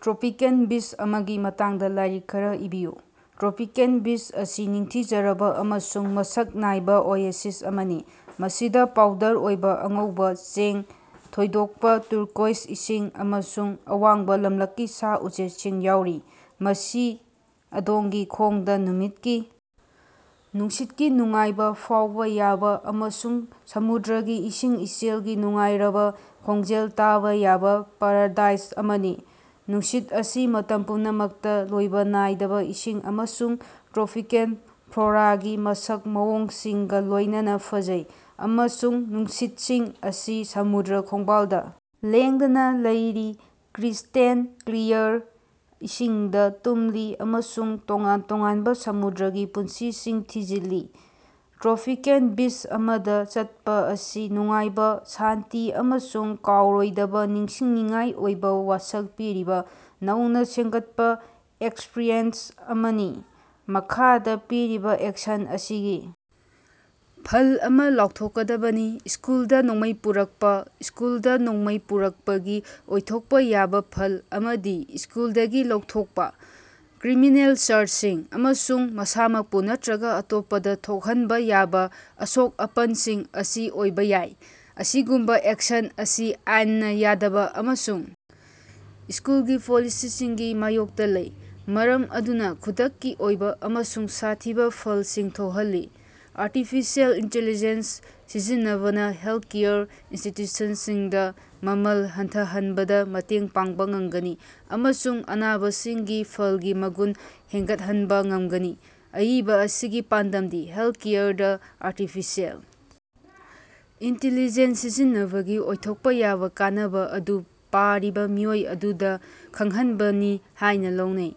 Tropical beach ꯑꯃꯒꯤ ꯃꯇꯥꯡꯗ ꯂꯥꯏꯔꯤꯛ ꯈꯔꯥ ꯏꯕꯤꯌꯨ꯫ ꯇ꯭ꯔꯣꯄꯤꯀꯦꯜ ꯕꯤꯆ ꯑꯁꯤ ꯅꯤꯡꯊꯤꯖꯔꯕ ꯑꯃꯁꯨꯡ ꯃꯁꯛ ꯅꯥꯏꯕ ꯑꯣꯌꯦꯁꯤꯁ ꯑꯃꯅꯤ, ꯃꯁꯤꯗ ꯄꯥꯎꯗꯔ ꯑꯣꯏꯕ ꯑꯉꯧꯕ ꯆꯦꯡ, ꯊꯣꯏꯗꯣꯛꯄ‌ ꯇꯨꯔꯀꯣꯏꯁ ꯏꯁꯤꯡ, ꯑꯃꯁꯨꯡ ꯑꯋꯥꯡꯕ ꯂꯝꯂꯛꯀꯤ ꯁꯥ-ꯎꯆꯦꯛꯁꯤꯡ ꯌꯥꯎꯔꯤ꯫ ꯃꯁꯤ ꯑꯗꯣꯝꯒꯤ ꯈꯣꯡꯗ ꯅꯨꯃꯤꯠꯀꯤ ꯅꯨꯡꯁꯤꯠꯀꯤ ꯅꯨꯡꯉꯥꯏꯕꯥ ꯐꯥꯑꯣꯕꯥ ꯌꯥꯕꯥ ꯑꯃꯁꯨꯡ ꯁꯃꯨꯗ꯭ꯔꯒꯤ ꯏꯁꯤꯡꯒꯤ ꯏꯆꯦꯜꯒꯤ ꯅꯨꯡꯉꯥꯏꯔꯕ ꯈꯣꯟꯖꯦꯜ ꯇꯥꯕ ꯌꯥꯕ ꯄꯥꯔꯥꯗꯥꯏꯁ ꯑꯃꯅꯤ꯫ ꯅꯨꯡꯁꯤꯠ ꯑꯁꯤ ꯃꯇꯝ ꯄꯨꯝꯅꯃꯛꯇ ꯂꯣꯏꯕ ꯅꯥꯏꯗꯕ ꯏꯁꯤꯡ ꯑꯃꯁꯨꯡ ꯇ꯭ꯔꯣꯄꯤꯀꯦꯜ ꯐ꯭ꯂꯣꯔꯥꯒꯤ ꯃꯁꯛ ꯃꯑꯣꯡꯁꯤꯡꯒ ꯂꯣꯏꯅꯅ ꯐꯖꯩ, ꯑꯃꯁꯨꯡ ꯅꯨꯃꯤꯠꯁꯤꯡ ꯑꯁꯤ ꯁꯃꯨꯗ꯭ꯔ ꯈꯣꯡꯕꯥꯜꯗ ꯂꯦꯡꯗꯅ ꯂꯩꯔꯤ, ꯀ꯭ꯔꯤꯁꯇꯦꯜ ꯀ꯭ꯂꯤꯌꯥꯔ ꯏꯁꯤꯡꯗ ꯇꯨꯝꯂꯤ ꯑꯃꯁꯨꯡ ꯇꯣꯉꯥꯟ ꯇꯣꯉꯥꯟꯕ ꯁꯃꯨꯗ꯭ꯔꯒꯤ ꯄꯨꯟꯁꯤꯁꯤꯡ ꯊꯤꯖꯤꯜꯂꯤ꯫ ꯇ꯭ꯔꯣꯄꯤꯀꯦꯜ ꯕꯤꯆ ꯑꯃꯗ ꯆꯠꯄ ꯑꯁꯤ ꯅꯨꯡꯉꯥꯏꯕ, ꯁꯥꯟꯇꯤ ꯑꯃꯁꯨꯡ ꯀꯥꯎꯔꯣꯏꯗꯕ ꯅꯤꯡꯁꯤꯡꯅꯤꯡꯉꯥꯏ ꯑꯣꯏꯕ ꯋꯥꯁꯛ ꯄꯤꯔꯤꯕ ꯅꯧꯅ ꯁꯦꯝꯒꯠꯄ ꯑꯦꯛꯁꯄ꯭ꯔꯤꯌꯦꯟꯁ ꯑꯃꯅꯤ꯫ ꯃꯈꯥꯗ ꯄꯤꯔꯤꯕ ꯑꯦꯛꯁꯟ ꯑꯁꯤꯒꯤ ꯐꯜ ꯑꯃ ꯂꯥꯎꯊꯣꯛꯀꯗꯕꯅꯤ꯫ ꯁ꯭ꯀꯨꯜꯗ ꯅꯣꯡꯃꯩ ꯄꯨꯔꯛꯄ꯫ ꯁ꯭ꯀꯨꯜꯗ ꯅꯣꯡꯃꯩ ꯄꯨꯔꯛꯄꯒꯤ ꯑꯣꯏꯊꯣꯛꯄ ꯌꯥꯕ ꯐꯜ ꯑꯃꯗꯤ ꯁ꯭ꯀꯨꯜꯗꯒꯤ ꯂꯧꯊꯣꯛꯄ, ꯀ꯭ꯔꯤꯃꯤꯅꯦꯜ ꯆꯥꯔꯖꯁꯤꯡ, ꯑꯃꯁꯨꯡ ꯃꯁꯥꯃꯛꯄꯨ ꯅꯠꯇꯔꯒ ꯑꯇꯣꯞꯄꯗ ꯊꯣꯛꯍꯟꯕ ꯌꯥꯕ ꯑꯁꯣꯛ-ꯑꯄꯟꯁꯤꯡ ꯑꯁꯤ ꯑꯣꯏꯕ ꯌꯥꯏ꯫ ꯑꯁꯤꯒꯨꯝꯕ ꯑꯦꯛꯁꯟ ꯑꯁꯤ ꯑꯥꯏꯟꯅ ꯌꯥꯗꯕ ꯑꯃꯁꯨꯡ ꯁ꯭ꯀꯨꯜꯒꯤ ꯄꯣꯂꯤꯁꯤꯁꯤꯡꯒꯤ ꯃꯥꯌꯣꯛꯇ ꯂꯩ, ꯃꯔꯝ ꯑꯗꯨꯅ ꯈꯨꯗꯛꯀꯤ ꯑꯣꯏꯕ ꯑꯃꯁꯨꯡ ꯁꯥꯊꯤꯕ ꯐꯜꯁꯤꯡ ꯊꯣꯛꯍꯜꯂꯤ꯫ ꯑꯥꯔꯇꯤꯐꯤꯁꯤꯑꯦꯜ ꯏꯟꯇꯤꯂꯤꯖꯦꯟꯁ ꯁꯤꯖꯤꯟꯅꯕꯅ ꯍꯦꯜꯊꯀꯦꯌꯔ ꯏꯟꯁꯇꯤꯇ꯭ꯌꯨꯁꯟꯁꯤꯡꯗ ꯃꯃꯜ ꯍꯟꯊꯍꯟꯕꯗ ꯃꯇꯦꯡ ꯄꯥꯡꯕ ꯉꯝꯒꯅꯤ ꯑꯃꯁꯨꯡ ꯑꯅꯥꯕꯁꯤꯡꯒꯤ ꯐꯜꯒꯤ ꯃꯒꯨꯟ ꯍꯦꯟꯒꯠꯍꯟꯕ ꯉꯝꯒꯅꯤ꯫ ꯑꯏꯕ ꯑꯁꯤꯒꯤ ꯄꯥꯟꯗꯝꯗꯤ ꯍꯦꯜꯊꯀꯦꯌꯔꯗ ꯑꯥꯔꯇꯤꯐꯤꯁꯤꯑꯦꯜ ꯏꯟꯇꯤꯂꯤꯖꯦꯟꯁ ꯁꯤꯖꯤꯟꯅꯕꯒꯤ ꯑꯣꯏꯊꯣꯛꯄ ꯌꯥꯕ ꯀꯥꯟꯅꯕ ꯑꯗꯨ ꯄꯥꯔꯤꯕ ꯃꯤꯑꯣꯏ ꯑꯗꯨꯗ ꯈꯪꯍꯟꯕꯅꯤ ꯍꯥꯥꯏꯅ ꯂꯧꯅꯩ꯫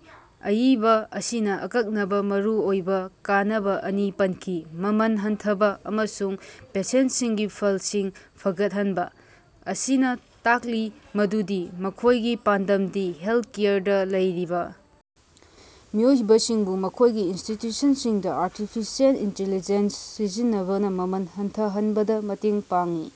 ꯑꯏꯕ ꯑꯁꯤꯅ ꯑꯀꯛꯅꯅ ꯃꯔꯨꯑꯣꯏꯕ ꯀꯥꯟꯅꯕ ꯑꯅꯤ ꯄꯟꯈꯤ - ꯃꯃꯜ ꯍꯟꯊꯕ ꯑꯃꯁꯨꯡ ꯄꯦꯁꯦꯟꯠꯁꯤꯡꯒꯤ ꯐꯜꯁꯤꯡ ꯐꯒꯠꯍꯟꯕ, ꯃꯁꯤꯅ‌ ꯇꯥꯛꯂꯤ ꯃꯗꯨꯗꯤ ꯃꯈꯣꯏꯒꯤ ꯄꯥꯟꯗꯝꯗꯤ ꯍꯦꯜꯊꯀꯦꯌꯔꯗ ꯂꯩꯔꯤꯕ ꯃꯤꯑꯣꯏꯁꯤꯡꯕꯨ ꯃꯈꯣꯏꯒꯤ ꯏꯟꯁꯇꯤꯇ꯭ꯌꯨꯁꯟꯁꯤꯡꯗ ꯑꯥꯔꯇꯤꯐꯤꯁꯤꯑꯦꯜ ꯏꯟꯇꯤꯂꯤꯖꯦꯟꯁ ꯁꯤꯖꯤꯟꯅꯕꯅ ꯃꯃꯜ ꯍꯟꯊꯍꯟꯕꯗ ꯃꯇꯦꯡ ꯄꯥꯡꯉꯤ꯫